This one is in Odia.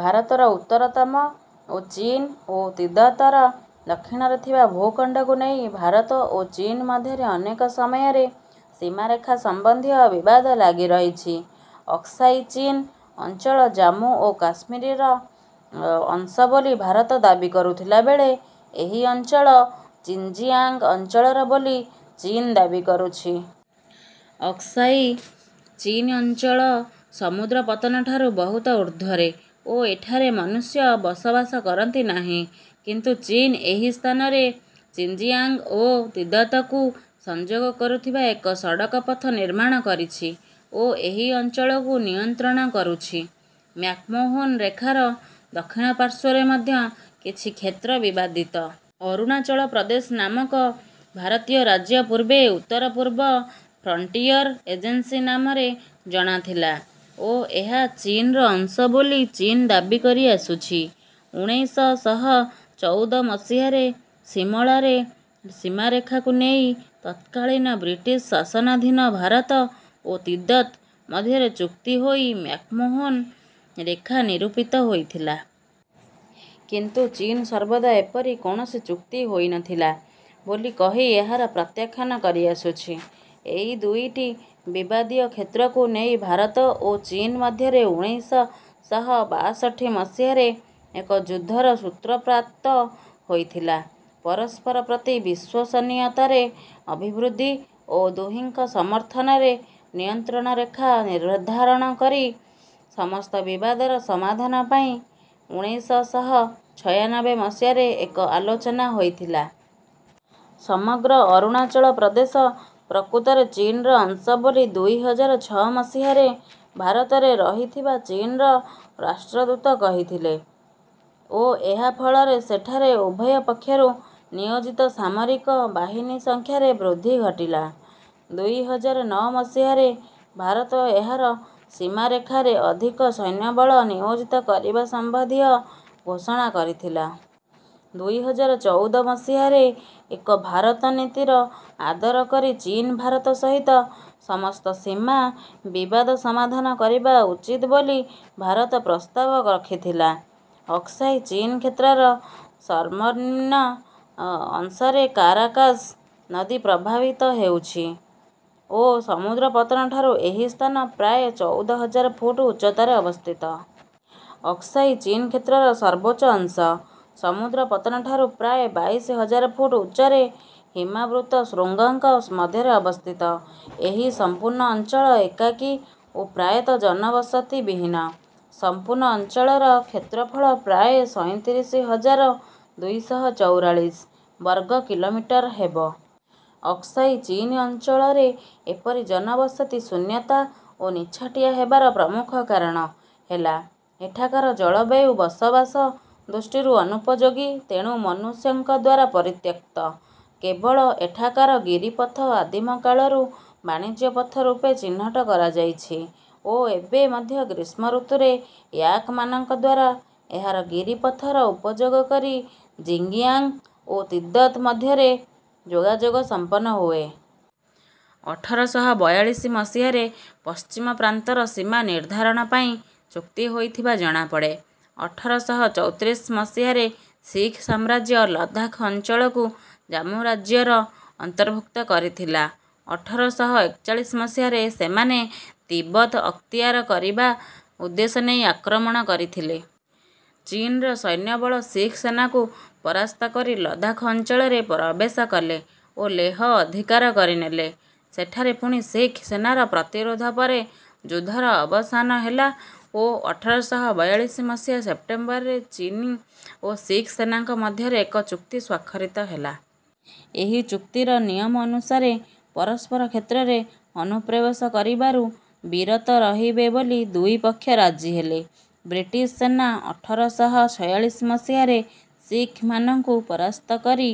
ଭାରତର ଉତ୍ତରତମ ଓ ଚୀନ ଓ ତିବ୍ୱତର ଦକ୍ଷିଣରେ ଥିବା ଭୂଖଣ୍ଡକୁ ନେଇ ଭାରତ ଓ ଚୀନ ମଧ୍ୟରେ ଅନେକ ସମୟରେ ସୀମାରେଖା ସମ୍ବନ୍ଧୀୟ ବିବାଦ ଲାଗି ରହିଛି। ଅକ୍ସାଇ ଚୀନ ଅଞ୍ଚଳ ଜାମ୍ମୁ ଓ କାଶ୍ମୀରର ଅଂଶ ବୋଲି ଭାରତ ଦାବୀ କରୁଥିଲା ବେଳେ ଏହି ଅଞ୍ଚଳ ଚିନ୍ଜିଆଂଗ୍ ଅଞ୍ଚଳର ବୋଲି ଚୀନ ଦାବୀ କରୁଛି। ଅକ୍ସାଇ ଚୀନ ଅଞ୍ଚଳ ସମୁଦ୍ର ପତନଠାରୁ ବହୁତ ଉର୍ଦ୍ଧ୍ୱରେ ଓ ଏଠାରେ ମନୁଷ୍ୟ ବସବାସ କରନ୍ତି ନାହିଁ। କିନ୍ତୁ ଚୀନ ଏହି ସ୍ଥାନରେ ଜିନ୍ଜିଆଂଗ୍ ଓ ତିବ୍ୱତକୁ ସଂଯୋଗ କରୁଥିବା ଏକ ସଡକପଥ ନିର୍ମାଣ କରିଛି ଓ ଏହି ଅଞ୍ଚଳକୁ ନିୟନ୍ତ୍ରଣ କରୁଛି। ମ୍ୟାକମୋହନ ରେଖାର ଦକ୍ଷିଣ ପାର୍ଶ୍ୱରେ ମଧ୍ୟ କିଛି କ୍ଷେତ୍ର ବିବାଦିତ। ଅରୁଣାଚଳ ପ୍ରଦେଶ ନାମକ ଭାରତୀୟ ରାଜ୍ୟ ପୂର୍ବେ ଉତ୍ତରପୂର୍ବ ଫ୍ରଣ୍ଟିୟର୍ ଏଜେନ୍ସି ନାମରେ ଜଣା ଥିଲା ଓ ଏହା ଚୀନର ଅଂଶ ବୋଲି ଚୀନ ଦାବୀ କରି ଆସୁଛି। ଉଣେଇଶ ଶହ ଚଉଦ ମସିହାରେ ସିମଳାରେ ସୀମାରେଖାକୁ ନେଇ ତତ୍କାଳୀନ ବ୍ରିଟିଶ୍ ଶାସନାଧୀନ ଭାରତ ଓ ତିବ୍ୱତ୍ ମଧ୍ୟରେ ଚୁକ୍ତି ହୋଇ ମ୍ୟାକମୋହନ ରେଖା ନିରୂପିତ ହୋଇଥିଲା। କିନ୍ତୁ ଚୀନ ସର୍ବଦା ଏପରି କୌଣସି ଚୁକ୍ତି ହୋଇନଥିଲା ବୋଲି କହି ଏହାର ପ୍ରତ୍ୟାଖ୍ୟାନ କରିଆସୁଛି। ଏହି ଦୁଇଟି ବିବାଦୀୟ କ୍ଷେତ୍ରକୁ ନେଇ ଭାରତ ଓ ଚୀନ ମଧ୍ୟରେ ଉଣେଇଶ ଶହ ବାଷଠି ମସିହାରେ ଏକ ଯୁଦ୍ଧର ସୂତ୍ରପାତ ହୋଇଥିଲା। ପରସ୍ପର ପ୍ରତି ବିଶ୍ୱସନୀୟତାରେ ଅଭିବୃଦ୍ଧି ଓ ଦୁହିଁଙ୍କ ସମର୍ଥନରେ ନିୟନ୍ତ୍ରଣରେଖା ନିର୍ଦ୍ଧାରଣ କରି ସମସ୍ତ ବିବାଦର ସମାଧାନ ପାଇଁ ଉଣେଇଶ ଶହ ଛୟାନବେ ମସିହାରେ ଏକ ଆଲୋଚନା ହୋଇଥିଲା। ସମଗ୍ର ଅରୁଣାଚଳ ପ୍ରଦେଶ ପ୍ରକୃତରେ ଚୀନର ଅଂଶ ବୋଲି ଦୁଇ ହଜାର ଛଅ ମସିହାରେ ଭାରତରେ ରହିଥିବା ଚୀନର ରାଷ୍ଟ୍ରଦୂତ କହିଥିଲେ ଓ ଏହା ଫଳରେ ସେଠାରେ ଉଭୟ ପକ୍ଷରୁ ନିୟୋଜିତ ସାମରିକ ବାହିନୀ ସଂଖ୍ୟାରେ ବୃଦ୍ଧି ଘଟିଲା। ଦୁଇ ହଜାର ନଅ ମସିହାରେ ଭାରତ ଏହାର ସୀମାରେଖାରେ ଅଧିକ ସୈନ୍ୟବଳ ନିୟୋଜିତ କରିବା ସମ୍ବନ୍ଧୀୟ ଘୋଷଣା କରିଥିଲା। ଦୁଇ ହଜାର ଚଉଦ ମସିହାରେ ଏକ ଭାରତ ନୀତିର ଆଦର କରି ଚୀନ ଭାରତ ସହିତ ସମସ୍ତ ସୀମା ବିବାଦ ସମାଧାନ କରିବା ଉଚିତ୍ ବୋଲି ଭାରତ ପ୍ରସ୍ତାବ ରଖିଥିଲା। ଅକ୍ସାଇ ଚୀନ କ୍ଷେତ୍ରର ସର୍ବନିମ୍ନ ଅଂଶରେ କାରାକାଶ୍ ନଦୀ ପ୍ରବାହିତ ହେଉଛି ଓ ସମୁଦ୍ରପତନଠାରୁ ଏହି ସ୍ଥାନ ପ୍ରାୟ ଚଉଦ ହଜାର ଫୁଟ୍ ଉଚ୍ଚତାରେ ଅବସ୍ଥିତ। ଅକ୍ସାଇ ଚୀନ କ୍ଷେତ୍ରର ସର୍ବୋଚ୍ଚ ଅଂଶ ସମୁଦ୍ରପତନଠାରୁ ପ୍ରାୟ ବାଇଶ ହଜାର ଫୁଟ୍ ଉଚ୍ଚରେ ହିମାବୃତ୍ତ ଶୃଙ୍ଗଙ୍କ ମଧ୍ୟରେ ଅବସ୍ଥିତ। ଏହି ସମ୍ପୂର୍ଣ୍ଣ ଅଞ୍ଚଳ ଏକାକୀ ଓ ପ୍ରାୟତଃ ଜନବସତି ବିହୀନ। ସମ୍ପୂର୍ଣ୍ଣ ଅଞ୍ଚଳର କ୍ଷେତ୍ରଫଳ ପ୍ରାୟ ସଇଁତିରିଶ ହଜାର ଦୁଇ ଶହ ଚଉରାଳିଶ ବର୍ଗ କିଲୋମିଟର୍ ହେବ। ଅକ୍ସାଇ ଚୀନ ଅଞ୍ଚଳରେ ଏପରି ଜନବସତି ଶୂନ୍ୟତା ଓ ନିଛାଟିଆ ହେବାର ପ୍ରମୁଖ କାରଣ ହେଲା ଏଠାକାର ଜଳବାୟୁ ବସବାସ ଦୃଷ୍ଟିରୁ ଅନୁପଯୋଗୀ ତେଣୁ ମନୁଷ୍ୟଙ୍କଦ୍ୱାରା ପରିତ୍ୟକ୍ତ। କେବଳ ଏଠାକାର ଗିରିପଥ ଆଦିମକାଳରୁ ବାଣିଜ୍ୟପଥ ରୂପେ ଚିହ୍ନଟ କରାଯାଇଛି ଓ ଏବେ ମଧ୍ୟ ଗ୍ରୀଷ୍ମଋତୁରେ ୟାକ୍ ମାନଙ୍କଦ୍ୱାରା ଏହାର ଗିରିପଥର ଉପଯୋଗ କରି ଜିନ୍ଜିଆଂଗ୍ ଓ ତିବ୍ୱତ୍ ମଧ୍ୟରେ ଯୋଗାଯୋଗ ସମ୍ପନ୍ନ ହୁଏ। ଅଠର ଶହ ବୟାଳିଶ ମସିହାରେ ପଶ୍ଚିମ ପ୍ରାନ୍ତର ସୀମା ନିର୍ଦ୍ଧାରଣ ପାଇଁ ଚୁକ୍ତି ହୋଇଥିବା ଜଣାପଡେ। ଅଠର ଶହ ଚୌତ୍ରିଶ ମସିହାରେ ଶିଖ୍ ସାମ୍ରାଜ୍ୟ ଲଦାଖ୍ ଅଞ୍ଚଳକୁ ଜାମ୍ମୁ ରାଜ୍ୟର ଅନ୍ତର୍ଭୁକ୍ତ କରିଥିଲା। ଅଠର ଶହ ଏକଚାଳିଶ ମସିହାରେ ସେମାନେ ତିବ୍ୱତ ଅକ୍ତିଆର କରିବା ଉଦ୍ଦେଶ୍ୟ ନେଇ ଆକ୍ରମଣ କରିଥିଲେ। ଚୀନର ସୈନ୍ୟବଳ ଶିଖ୍ ସେନାକୁ ପରାସ୍ତ କରି ଲଦାଖ୍ ଅଞ୍ଚଳରେ ପ୍ରବେଶ କଲେ ଓ ଲେହ ଅଧିକାର କରିନେଲେ। ସେଠାରେ ପୁଣି ଶିଖ୍ ସେନାର ପ୍ରତିରୋଧ ପରେ ଯୁଦ୍ଧର ଅବସାନ ହେଲା ଓ ଅଠର ଶହ ବୟାଳିଶ ମସିହା ସେପ୍ଟେମ୍ବରରେ ଚୀନୀ ଓ ଶିଖ୍ ସେନାଙ୍କ ମଧ୍ୟରେ ଏକ ଚୁକ୍ତି ସ୍ୱାକ୍ଷରିତ ହେଲା। ଏହି ଚୁକ୍ତିର ନିୟମ ଅନୁସାରେ ପରସ୍ପର କ୍ଷେତ୍ରରେ ଅନୁପ୍ରବେଶ କରିବାରୁ ବିରତ ରହିବେ ବୋଲି ଦୁଇ ପକ୍ଷ ରାଜି ହେଲେ। ବ୍ରିଟିଶ୍ ସେନା ଅଠର ଶହ ଛୟାଳିଶ ମସିହାରେ ଶିଖମାନଙ୍କୁ ପରାସ୍ତ କରି